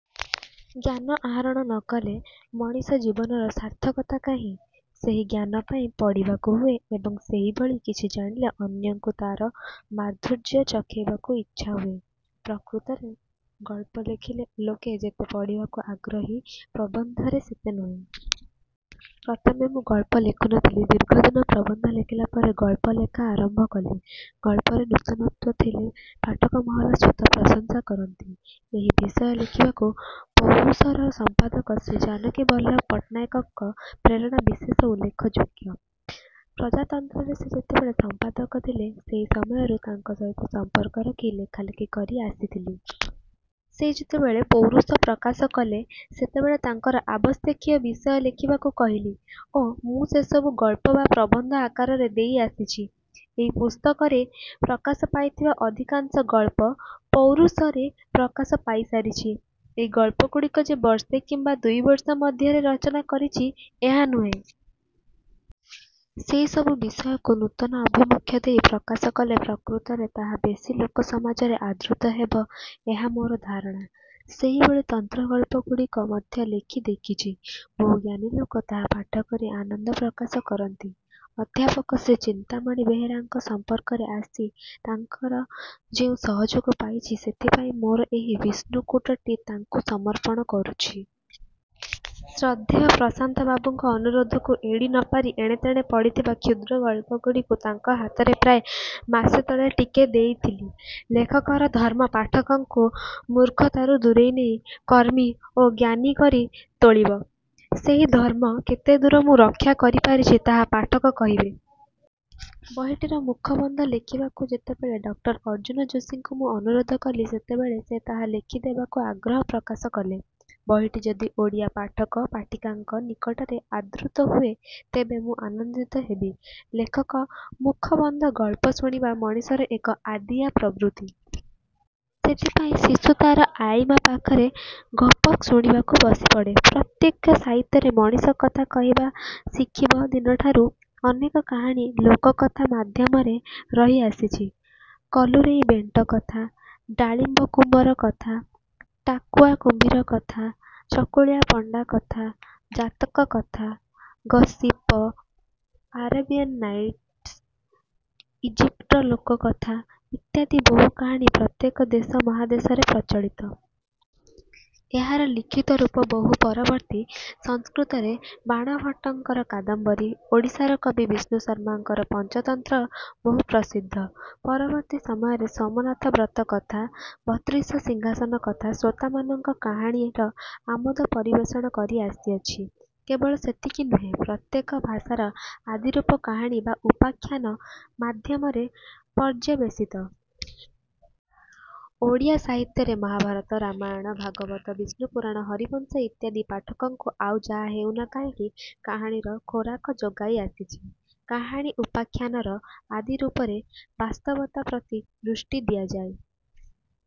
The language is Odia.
ଜ୍ଞାନ ଆହାରଣ ନ କଲେ ମଣିଷ ଜୀବନର ସାର୍ଥକତା କାହିଁ? ସେହି ଜ୍ଞାନ ପାଇଁ ପଢ଼ିବାକୁ ହୁଏ ଏବଂ ସେହିଭଳି କିଛି ଜାଣିଲେ ଅନ୍ୟଙ୍କୁ ତାର ମାଧୁର୍ଯ୍ୟ ଚଖେଇବାକୁ ଇଚ୍ଛା ହୁଏ। ପ୍ରକୃତରେ ଗଳ୍ପ ଲେଖିଲେ ଲୋକେ ଯେତେ ପଢ଼ିବାକୁ ଆଗ୍ରହୀ ପ୍ରବନ୍ଧରେ ସେତେ ନୁହେଁ। ପ୍ରଥମେ ମୁଁ ଗଳ୍ପ ଲେଖୁ ନଥିଲି। ଦୀର୍ଘଦିନ ପ୍ରବନ୍ଧ ଲେଖିଲା ପରେ ଗଳ୍ପଲେଖା ଆରମ୍ଭ କଲି। ଗଳ୍ପରେ ନୂତନତ୍ୱ ଥିଲେ ପାଠକମହଲ ସ୍ୱତଃ ପ୍ରଶଂସା କରିଥାନ୍ତି। ଏହି ବିଷୟ ଲେଖିବାକୁ ପୌରୁଷର ସମ୍ପାଦକ ଶ୍ରୀ ଜାନକୀ ବଲ୍ଲଭ ପଟ୍ଟନାୟକଙ୍କ ପ୍ରେରଣା ବିଶେଷ ଉଲ୍ଲେଖଯୋଗ୍ୟ। ପ୍ରଜାତନ୍ତ୍ରରେ ସେ ଯେତେବେଳେ ସମ୍ପାଦକ ଥିଲେ ସେହି ସମୟରୁ ତାଙ୍କ ସହିତ ସମ୍ପର୍କ ରଖି ଲେଖାଲେଖି କରି ଆସିଥିଲି। ସେ ଯେତେବେଳେ 'ପୌରୁଷ' ପ୍ରକାଶ କଲେ ସେତେବେଳେ ତାଙ୍କର ଆବଶ୍ୟକୀୟ ବିଷୟ ଲେଖିବାକୁ କହିଲେ ଓ ମୁଁ ସେସବୁ ଗଳ୍ପ ବା ପ୍ରବନ୍ଧ ଆକାରରେ ଦେଇ ଆସିଛି। ଏହି ପୁସ୍ତକରେ ପ୍ରକାଶ ପାଇଥିବା ଅଧିକାଂଶ ଗଳ୍ପ ପୌରୁଷରେ ପ୍ରକାଶ ପାଇସାରିଛି। ଏହି ଗଳ୍ପଗୁଡ଼ିକ ଯେ ବର୍ଷେ କିମ୍ୱା ଦୁଇବର୍ଷ ମଧ୍ୟରେ ରଚନା କରିଛି ଏହା ନୁହେଁ। ସେହି ସବୁ ବିଷୟକୁ ନୂତନ ଆଭିମୁଖ୍ୟ ଦେଇ ପ୍ରକାଶ କଲେ ପ୍ରକୃତରେ ତାହା ବେଶୀ ଲୋକସମାଜରେ ଆଦୃତ ହେବ ଏହା ମୋର ଧାରଣା। ସେହିଭଳି ତନ୍ତ୍ରଗଳ୍ପଗୁଡ଼ିକ ମଧ୍ୟ ଲେଖି ଦେଖିଛି ବହୁ ଜ୍ଞାନୀଲୋକ ତାହା ପାଠ କରି ଆନନ୍ଦ ପ୍ରକାଶ କରନ୍ତି। ଅଧ୍ୟାପକ ଶ୍ରୀ ଚିନ୍ତାମଣି ବେହେରାଙ୍କ ସମ୍ପର୍କରେ ଆସି ତାଙ୍କର ଯେଉଁ ସହଯୋଗ ପାଇଛି ସେଥିପାଇଁ ମୋର ଏହି 'ବିଷ୍ଣୁକୂଟ'ଟି ତାଙ୍କୁ ସମର୍ପଣ କରୁଛି। ଶ୍ରଦ୍ଧେୟ ପ୍ରଶାନ୍ତ ବାବୁଙ୍କ ଅନୁରୋଧକୁ ଏଡ଼ି ନପାରି ଏଣେତେଣେ ପଢ଼ିଥିବା କ୍ଷୁଦ୍ର ଗଳ୍ପଗୁଡ଼ିକୁ ତାଙ୍କ ହାତରେ ପ୍ରାୟ। ମାସ ତଳେ ଟେକି ଦେଇଥିଲି। ଲେଖକର ଧର୍ମ ପାଠକଙ୍କୁ ମୂର୍ଖତାରୁ ଦୂରେଇନେଇ କର୍ମୀ ଓ ଜ୍ଞାନୀକରି ତୋଳିବ। ସେହି ଧର୍ମ କେତେଦୂର ମୁଁ ରକ୍ଷା କରିପାରିଛି ତାହା ପାଠକ କହିବେ। ବହିଟିର ମୁଖବନ୍ଧ ଲେଖିବାକୁ ଯେତେବେଳେ ଡଃ ଅର୍ଜ୍ଜୁନ ଯୋଷୀଙ୍କୁ ମୁଁ ଅନୁରୋଧ କଲି ସେତେବେଳେ ସେ ତାହା ଲେଖି ଦେବାକୁ ଆଗ୍ରହ ପ୍ରକାଶ କଲେ। ବହିଟି ଯଦି ଓଡ଼ିଆ ପାଠକ ପାଠିକାଙ୍କ ନିକଟରେ ଆଦୃତ ହୁଏ ତେବେ ମୁଁ ଆନନ୍ଦିତ ହେବି। ଲେଖକ ମୁଖବନ୍ଧ ଗଳ୍ପ ଶୁଣିବା ମଣିଷର ଏକ ଆଦିଆ ପ୍ରବୃତ୍ତି। ସେଥିପାଇଁ ଶିଶୁ ତାର 'ଆଈମା' ପାଖରେ ଗପ ଶୁଣିବାକୁ ବସିପଡ଼େ। ପ୍ରତ୍ୟେକ ସାହିତ୍ୟରେ ମଣିଷ କଥା କହିବା ଶିଖିବ ଦିନଠାରୁ ଅନେକ କାହାଣୀ ଲୋକକଥା ମାଧ୍ୟମରେ ରହିଆସିଛି। କଲୁରେଇ ବେଣ୍ଟ କଥା, ଡାଳିମ୍ୱକୁମର କଥା, ଟାକୁଆ କୁମ୍ଭୀର କଥା, ଚକୁଳିଆ ପଣ୍ଡା କଥା, ଜାତକ କଥା, ଗସିପ, ଆରବୀୟାନ ନାଇଟ୍, ଇଜିପ୍ଟର ଲୋକ କଥା ଇତ୍ୟାଦି ବହୁ କାହାଣୀ ପ୍ରତ୍ୟେକ ଦେଶ ମହାଦେଶରେ ପ୍ରଚଳିତ। ଏହାର ଲିଖିତ ରୂପ ବହୁ ପରବର୍ତ୍ତୀ। ସଂସ୍କୃତରେ ବାଣଭଟ୍ଟଙ୍କର 'କାଦମ୍ୱରୀ', ଓଡ଼ିଶାର କବି ବିଷ୍ଣୁ ଶର୍ମାଙ୍କର 'ପଞ୍ଚତନ୍ତ୍ର' ବହୁ ପ୍ରସିଦ୍ଧ। ପରବର୍ତ୍ତୀ ସମୟରେ 'ସୋମନାଥ ବ୍ରତ କଥା', 'ବତ୍ରିଶ ସିଂହାସନ କଥା' ଶ୍ରୋତାମାନଙ୍କ କାହାଣୀର ଆମୋଦ ପରିବେଷଣ କରି ଆସିଅଛି। କେବଳ ସେତିକି ନୁହେଁ ପ୍ରତ୍ୟେକ ଭାଷାର ଆଦିରୂପ କାହାଣୀ ବା ଉପାଖ୍ୟାନ ମାଧ୍ୟମରେ ପର୍ଯ୍ୟବେଶିତ। ଓଡ଼ିଆ ସାହିତ୍ୟରେ ମହାଭାରତ, ରାମାୟଣ, ଭାଗବତ, ବିଷ୍ଣୁ ପୁରାଣ, ହରିବଂଶ ଇତ୍ୟାଦି ପାଠକଙ୍କୁ ଆଉ ଯାହା ହେଉନା କାହିଁକି କାହାଣୀର ଖୋରାକ ଯୋଗାଇ ଆସିଛି। କାହାଣୀ ଉପାଖ୍ୟାନର ଆଦି ରୂପରେ ବାସ୍ତବତା ପ୍ରତି ଦୃଷ୍ଟି ଦିଆଯାଇ